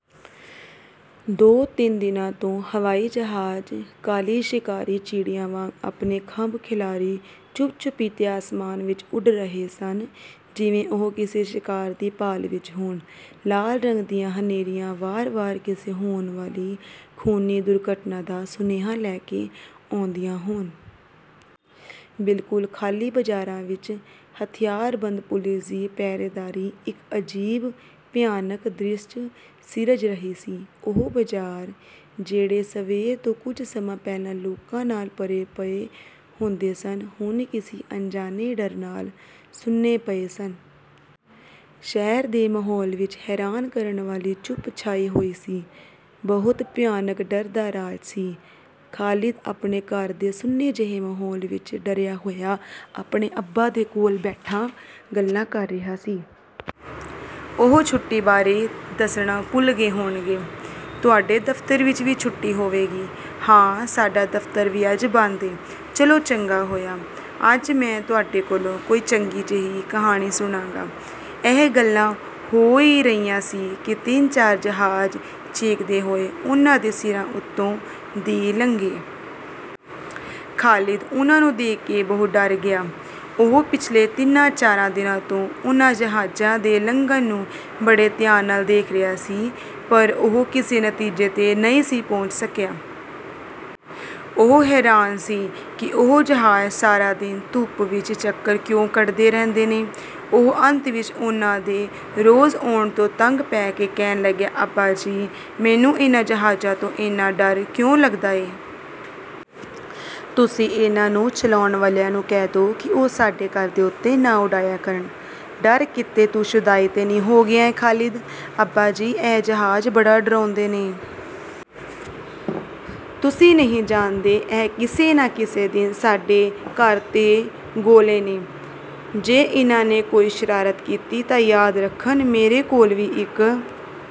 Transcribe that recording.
ਦੋ ਤਿੰਨ ਦਿਨਾਂ ਤੋਂ ਹਵਾਈ ਜਹਾਜ਼ ਕਾਲੀ ਸ਼ਿਕਾਰੀ ਚਿੜੀਆਂ ਵਾਂਗ ਆਪਣੇ ਖੰਭ ਖਿਲਾਰੀ ਚੁੱਪ ਚੁਪੀਤੇ ਆਸਮਾਨ ਵਿਚ ਉੱਡ ਰਹੇ ਸਨ ਜਿਵੇਂ ਉਹ ਕਿਸੇ ਸ਼ਿਕਾਰ ਦੀ ਭਾਲ ਵਿਚ ਹੋਣ। ਲਾਲ ਰੰਗ ਦੀਆਂ ਹਨੇਰੀਆਂ ਵਾਰ ਵਾਰ ਕਿਸੇ ਹੋਣ ਵਾਲੀ ਖ਼ੂਨੀ ਦੁਰਘਟਨਾ ਦਾ ਸੁਨੇਹਾ ਲੈ ਕੇ ਆਉਂਦੀਆਂ ਹੋਣ। ਬਿਲਕੁਲ ਖਾਲੀ ਬਾਜ਼ਾਰਾਂ ਵਿਚ ਹਥਿਆਰਬੰਦ ਪੁਲੀਸ ਦੀ ਪਹਿਰੇਦਾਰੀ ਇਕ ਅਜੀਬ ਭਿਆਨਕ ਦ੍ਰਿਸ਼ ਸਿਰਜ ਰਹੀ ਸੀ। ਉਹ ਬਾਜ਼ਾਰ ਜਿਹੜੇ ਸਵੇਰ ਤੋਂ ਕੁਝ ਸਮਾਂ ਪਹਿਲਾਂ ਲੋਕਾਂ ਨਾਲ ਭਰੇ ਪਏ ਹੁੰਦੇ ਸਨ ਹੁਣ ਕਿਸੇ ਅਣਜਾਣੇ ਡਰ ਨਾਲ ਸੁੰਨੇ ਹੋਏ ਪਏ ਸਨ। ਸ਼ਹਿਰ ਦੇ ਮਾਹੌਲ ਵਿਚ ਹੈਰਾਨ ਕਰਨ ਵਾਲੀ ਚੁੱਪ ਛਾਈ ਹੋਈ ਸੀ। ਬਹੁਤ ਭਿਆਨਕ ਡਰ ਦਾ ਰਾਜ ਸੀ। ਖ਼ਾਲਿਦ ਆਪਣੇ ਘਰ ਦੇ ਸੁੰਨੇ ਜਿਹੇ ਮਾਹੌਲ ਵਿਚ ਡਰਿਆ ਹੋਇਆ ਆਪਣੇ ਅੱਬਾ ਦੇ ਕੋਲ ਬੈਠਾ ਗੱਲਾਂ ਕਰ ਰਿਹਾ ਸੀ। ਉਹ ਛੁੱਟੀ ਬਾਰੇ ਦੱਸਣਾ ਭੁੱਲ ਗਏ ਹੋਣਗੇ। ਤੁਹਾਡੇ ਦਫ਼ਤਰ ਵਿਚ ਵੀ ਛੁੱਟੀ ਹੋਵੇਗੀ? ਹਾਂ, ਸਾਡਾ ਦਫ਼ਤਰ ਵੀ ਅੱਜ ਬੰਦ ਏ। ਚਲੋ ਚੰਗਾ ਹੋਇਆ। ਅੱਜ ਮੈਂ ਤੁਹਾਡੇ ਕੋਲੋਂ ਕੋਈ ਚੰਗੀ ਜਿਹੀ ਕਹਾਣੀ ਸੁਣਾਂਗਾ। ਇਹ ਗੱਲਾਂ ਹੋ ਈ ਰਹੀਆਂ ਸੀ ਕਿ ਤਿੰਨ ਚਾਰ ਜਹਾਜ਼ ਚੀਕਦੇ ਹੋਏ ਉਨ੍ਹਾਂ ਸਿਰਾਂ ਦੇ ਉੱਤੋਂ ਦੀ ਲੰਘੇ। ਖ਼ਾਲਿਦ ਉਨ੍ਹਾਂ ਨੂੰ ਦੇਖ ਕੇ ਬਹੁਤ ਡਰ ਗਿਆ। ਉਹ ਪਿਛਲੇ ਤਿੰਨਾਂ ਚਾਰਾਂ ਦਿਨਾਂ ਤੋਂ ਉਨ੍ਹਾਂ ਜਹਾਜ਼ਾਂ ਦੇ ਲੰਘਣ ਨੂੰ ਬੜੇ ਧਿਆਨ ਨਾਲ ਦੇਖ ਰਿਹਾ ਸੀ ਪਰ ਉਹ ਕਿਸੇ ਨਤੀਜੇ ਤੇ ਨਹੀਂ ਸੀ ਪਹੁੰਚ ਸਕਿਆ। ਉਹ ਹੈਰਾਨ ਸੀ ਕਿ ਉਹ ਜਹਾਜ਼ ਸਾਰਾ ਦਿਨ ਧੁੱਪ ਵਿਚ ਚੱਕਰ ਕਿਉਂ ਕੱਟਦੇ ਰਹਿੰਦੇ ਨੇ? ਉਹ ਅੰਤ ਵਿਚ ਉਨ੍ਹਾਂ ਦੇ ਰੋਜ਼ ਆਉਣ ਤੋਂ ਤੰਗ ਪੈ ਕੇ ਕਹਿਣ ਲੱਗਿਆ ਅੱਬਾ ਜੀ ਮੈਨੂੰ ਇਨ੍ਹਾਂ ਜਹਾਜ਼ਾਂ ਤੋਂ ਏਨਾ ਡਰ ਕਿਉਂ ਲੱਗਦਾ ਏ? ਤੁਸੀਂ ਇਨ੍ਹਾਂ ਨੂੰ ਚਲਾਉਣ ਵਾਲਿਆਂ ਨੂੰ ਕਹਿ ਦਿਓ ਕਿ ਉਹ ਸਾਡੇ ਘਰ ਦੇ ਉੱਤੋਂ ਦੀ ਨਾ ਉੱਡਾਆ ਕਰਨ। ਡਰ ਕਿਤੇ ਤੂੰ ਸ਼ੁਦਾਈ ਤੇ ਨਹੀਂ ਹੋ ਗਿਆ ਏਂ ਖ਼ਾਲਿਦ? ਅੱਬਾ ਜੀ ਇਹ ਜਹਾਜ਼ ਬੜੇ ਡਰਾਉਂਦੇ ਨੇ। ਤੁਸੀਂ ਨਹੀਂ ਜਾਣਦੇ, ਇਹ ਕਿਸੇ ਨਾ ਕਿਸੇ ਦਿਨ ਸਾਡੇ ਘਰ ਤੇ ਗੋਲੇ ਨੇ। ਜੇ ਇਨ੍ਹਾਂ ਨੇ ਕੋਈ ਸ਼ਰਾਰਤ ਕੀਤੀ ਤਾਂ ਯਾਦ ਰੱਖਣ, ਮੇਰੇ ਕੋਲ ਵੀ ਇਕ